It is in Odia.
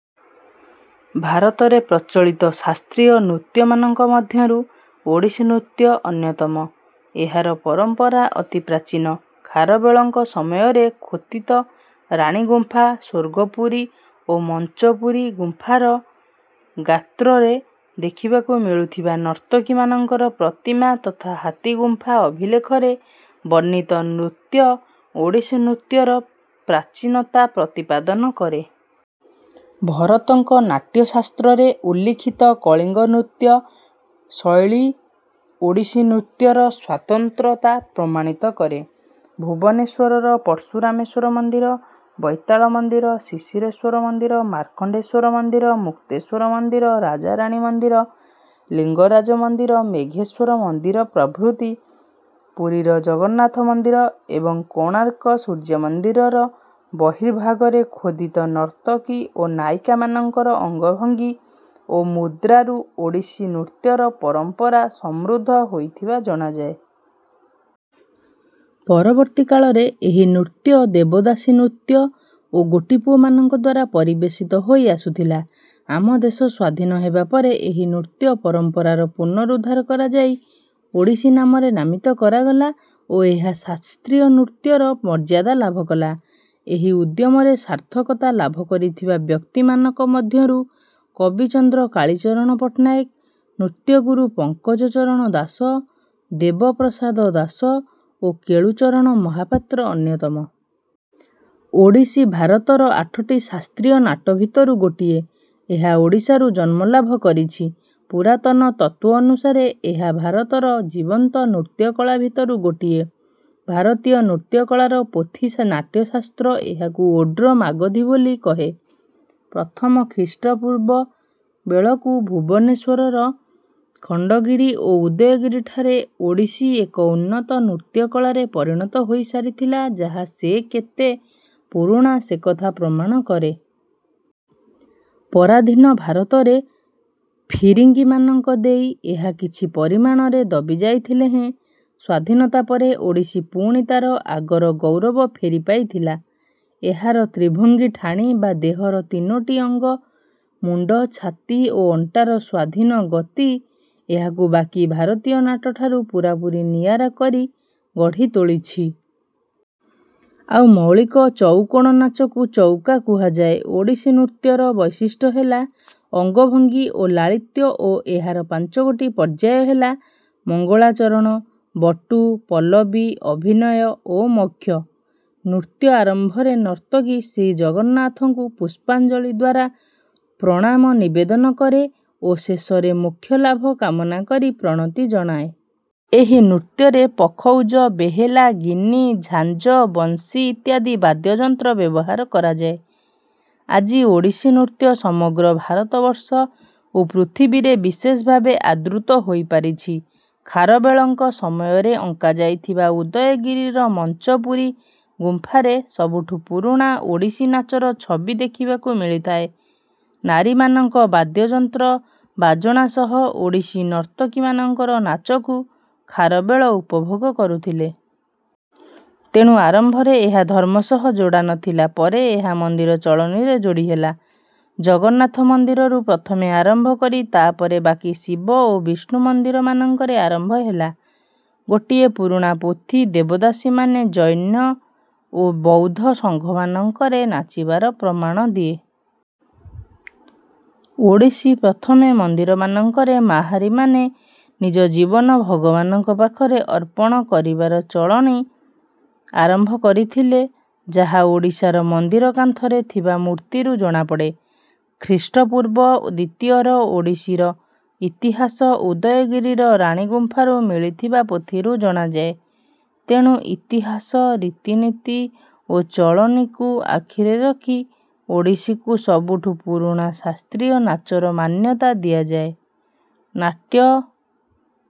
ଭାରତରେ ପ୍ରଚଳିତ ଶାସ୍ତ୍ରୀୟ ନୃତ୍ୟମାନଙ୍କ ମଧ୍ୟରୁ ଓଡ଼ିଶୀ ନୃତ୍ୟ ଅନ୍ୟତମ। ଏହାର ପରମ୍ପରା ଅତି ପ୍ରାଚୀନ। ଖାରବେଳଙ୍କ ସମୟରେ ଖୋତିତ ରାଣୀଗୁମ୍ଫା, ସ୍ୱର୍ଗପୁରୀ ଓ ମଞ୍ଚପୁରୀ ଗୁମ୍ଫାର ଗାତ୍ରରେ ଦେଖିବାକୁ ମିଳୁଥିବା ନର୍ତ୍ତକୀମାନଙ୍କର ପ୍ରତିମା ତଥା ହାତୀଗୁମ୍ଫା ଅଭିଲେଖରେ ବର୍ଣ୍ଣିତ ନୃତ୍ୟ ଓଡ଼ିଶୀନୃତ୍ୟର ପ୍ରାଚୀନତା ପ୍ରତିପାଦନ କରେ। ଭରତଙ୍କ ନାଟ୍ୟଶାସ୍ତ୍ରରେ ଉଲ୍ଲିଖିତ କଳିଙ୍ଗ ନୃତ୍ୟ ଶୈଳୀ ଓଡ଼ିଶୀ ନୃତ୍ୟର ସ୍ୱାତନ୍ତ୍ରତା ପ୍ରମାଣିତ କରେ। ଭୁବନେଶ୍ୱରର ପର୍ଶୁରାମେଶ୍ୱର ମନ୍ଦିର, ବୈତାଳ ମନ୍ଦିର, ଶିଶିରେଶ୍ୱର ମନ୍ଦିର, ମାର୍କଣ୍ଡେଶ୍ୱର ମନ୍ଦିର, ମୁକ୍ତେଶ୍ୱର ମନ୍ଦିର, ରାଜରାଣୀ ମନ୍ଦିର, ଲିଙ୍ଗରାଜ ମନ୍ଦିର, ମେଘେଶ୍ୱର ମନ୍ଦିର ପ୍ରଭୃତି, ପୁରୀର ଜଗନ୍ନାଥ ମନ୍ଦିର ଏବଂ କୋଣାର୍କ ସୂର୍ଯ୍ୟମନ୍ଦିରର ବର୍ହିଭାଗରେ ଖୋଦିତ ନର୍ତ୍ତକୀ ଓ ନାୟିକାମାନଙ୍କର ଅଙ୍ଗଭଙ୍ଗୀ ଓ ମୁଦ୍ରାରୁ ଓଡ଼ିଶୀ ନୃତ୍ୟର ପରମ୍ପରା ସମୃଦ୍ଧ ହୋଇଥିବା ଜଣାଯାଏ। ପରବର୍ତ୍ତୀ କାଳରେ ଏହି ନୃତ୍ୟ ଦେବଦାସୀ ନୃତ୍ୟ ଓ ଗୋଟିପୁଅମାନଙ୍କଦ୍ୱାରା ପରିବେଷିତ ହୋଇ ଆସୁଥିଲା। ଆମଦେଶ ସ୍ୱାଧୀନ ହେବା ପରେ ଏହି ନୃତ୍ୟ ପରମ୍ପରାର ପୁନରୁଦ୍ଧାର କରାଯାଇ ଓଡ଼ିଶୀ ନାମରେ ନାମିତ କରାଗଲା ଓ ଏହା ଶାସ୍ତ୍ରୀୟ ନୃତ୍ୟର ମର୍ଯ୍ୟାଦା ଲାଭ କଲା। ଏହି ଉଦ୍ୟମରେ ସାର୍ଥକତା ଲାଭକରିଥିବା ବ୍ୟକ୍ତିମାନକ ମଧ୍ୟରୁ କବିଚନ୍ଦ୍ର କାଳୀଚରଣ ପଟ୍ଟନାୟକ, ନୃତ୍ୟଗୁରୁ ପଙ୍କଜଚରଣ ଦାସ, ଦେବପ୍ରସାଦ ଦାସ ଓ କେଳୁଚରଣ ମହାପାତ୍ର ଅନ୍ୟତମ। ଓଡ଼ିଶୀ ଭାରତର ଆଠଟି ଶାସ୍ତ୍ରୀୟ ନାଟ ଭିତରୁ ଗୋଟିଏ। ଏହା ଓଡ଼ିଶାରୁ ଜନ୍ମ ଲାଭ କରିଛି। ପୁରାତନ ତତ୍ୱ ଅନୁସାରେ ଏହା ଭାରତର ଜୀବନ୍ତ ନୃତ୍ୟକଳା ଭିତରୁ ଗୋଟିଏ। ଭାରତୀୟ ନୃତ୍ୟକଳାର ପୋଥି ନାଟ୍ୟ ଶାସ୍ତ୍ର ଏହାକୁ ଓଡ୍ର ମାଗଧି ବୋଲି କହେ। ପ୍ରଥମ ଖ୍ରୀଷ୍ଟପୂର୍ବ ବେଳକୁ ଭୁବନେଶ୍ୱରର ଖଣ୍ଡଗିରି ଓ ଉଦୟଗିରିଠାରେ ଓଡ଼ିଶୀ ଏକ ଉନ୍ନତ ନୃତ୍ୟକଳାରେ ପରିଣତ ହୋଇସାରିଥିଲା ଯାହା ସେ କେତେ ପୁରୁଣା ସେକଥା ପ୍ରମାଣ କରେ। ପରାଧୀନ ଭାରତରେ ଫିରିଙ୍ଗିମାନଙ୍କ ଦେଇ ଏହା କିଛି ପରିମାଣରେ ଦବିଯାଇଥିଲେ ହେଁ ସ୍ୱାଧୀନତା ପରେ ଓଡ଼ିଶୀ ପୁଣି ତାର ଆଗର ଗୌରବ ଫେରିପାଇଥିଲା। ଏହାର ତ୍ରିଭଙ୍ଗୀ ଠାଣି ବା ଦେହର ତିନୋଟି ଅଙ୍ଗ ମୁଣ୍ଡ, ଛାତି ଓ ଅଣ୍ଟାର ସ୍ୱାଧୀନ ଗତି ଏହାକୁ ବାକି ଭାରତୀୟ ନାଟ ଠାରୁ ପୁରାପୁରି ନିଆରା କରି ଗଢ଼ିତୋଳିଛି। ଆଉ ମୌଳିକ ଚଉକୋଣ ନାଚକୁ ଚଉକା କୁହାଯାଏ। ଓଡ଼ିଶୀନୃତ୍ୟର ବୈଶିଷ୍ଟ ହେଲା ଅଙ୍ଗଭଙ୍ଗୀ ଓ ଲାଳିତ୍ୟ ଓ ଏହାର ପାଞ୍ଚଗୋଟି ପର୍ଯ୍ୟାୟ ହେଲା: ମଙ୍ଗଳାଚରଣ, ବଟୁ, ପଲ୍ଲବୀ, ଅଭିନୟ ଓ ମୋକ୍ଷ। ନୃତ୍ୟ ଆରମ୍ଭରେ ନର୍ତ୍ତକୀ ଶ୍ରୀଜଗନ୍ନାଥଙ୍କୁ ପୁଷ୍ପାଞ୍ଜଳୀଦ୍ୱାରା ପ୍ରଣାମ ନିବେଦନ କରେ ଓ ଶେଷରେ ମୋକ୍ଷ ଲାଭ କାମନା କରି ପ୍ରଣତି ଜଣାଏ। ଏହି ନୃତ୍ୟରେ ପଖଉଜ, ବେହେଲା, ଗିନି, ଝାଞ୍ଜ, ବଂଶୀ ଇତ୍ୟାଦି ବାଦ୍ୟଯନ୍ତ୍ର ବ୍ୟବହାର କରାଯାଏ। ଆଜି ଓଡ଼ିଶୀ ନୃତ୍ୟ ସମଗ୍ର ଭାରତ ବର୍ଷ ଓ ପୃଥିବୀରେ ବିଶେଷଭାବେ ଆଦୃତ ହୋଇପାରିଛି। ଖାରବେଳଙ୍କ ସମୟରେ ଅଙ୍କାଯାଇଥିବା ଉଦୟଗିରିର ମଞ୍ଚପୁରି ଗୁମ୍ଫାରେ ସବୁଠୁ ପୁରୁଣା ଓଡ଼ିଶୀ ନାଚର ଛବି ଦେଖିବାକୁ ମିଳିଥାଏ। ନାରୀମାନଙ୍କ ବାଦ୍ୟଯନ୍ତ୍ର ବାଜଣା ସହ ଓଡ଼ିଶୀ ନର୍ତ୍ତକୀମାନଙ୍କର ନାଚକୁ ଖାରବେଳ ଉପଭୋଗ କରୁଥିଲେ। ତେଣୁ ଆରମ୍ଭରେ ଏହା ଧର୍ମ ସହ ଯୋଡ଼ା ନଥିଲା, ପରେ ଏହା ମନ୍ଦିର ଚଳଣିରେ ଯୋଡ଼ିହେଲା। ଜଗନ୍ନାଥ ମନ୍ଦିରରୁ ପ୍ରଥମେ ଆରମ୍ଭ କରି ତା ପରେ ବାକି ଶିବ ଓ ବିଷ୍ନୁ ମନ୍ଦିରମାନଙ୍କରେ ଆରମ୍ଭ ହେଲା। ଗୋଟିଏ ପୁରୁଣା ପୋଥି ଦେବଦାସୀମାନେ ଜୈନ ଓ ବୌଦ୍ଧ ସଙ୍ଘମାନଙ୍କରେ ନାଚିବାର ପ୍ରମାଣ ଦିଏ। ଓଡ଼ିଶୀ, ପ୍ରଥମେ ମନ୍ଦିରମାନଙ୍କରେ ମାହାରି ମାନେ ନିଜ ଜୀବନ ଭଗବାନଙ୍କ ପାଖରେ ଅର୍ପଣ କରିବାର ଚଳଣି ଆରମ୍ଭ କରିଥିଲେ ଯାହା ଓଡ଼ିଶାର ମନ୍ଦିର କାନ୍ଥରେ ଥିବା ମୂର୍ତ୍ତୀରୁ ଜଣାପଡ଼େ। ଖ୍ରୀଷ୍ଟପୂର୍ବ ଦ୍ୱିତୀୟର ଓଡ଼ିଶୀର ଇତିହାସ ଉଦୟଗିରିର ରାଣୀଗୁମ୍ଫାରୁ ମିଳିଥିବା ପୋଥିରୁ ଜଣାଯାଏ। ତେଣୁ ଇତିହାସ, ରିତିନୀତି ଓ ଚଳଣିକୁ ଆଖିରେ ରଖି ଓଡ଼ିଶୀକୁ ସବୁଠୁ ପୁରୁଣା ଶାସ୍ତ୍ରୀୟ ନାଚର ମାନ୍ୟତା ଦିଆଯାଏ। ନାଟ୍ୟ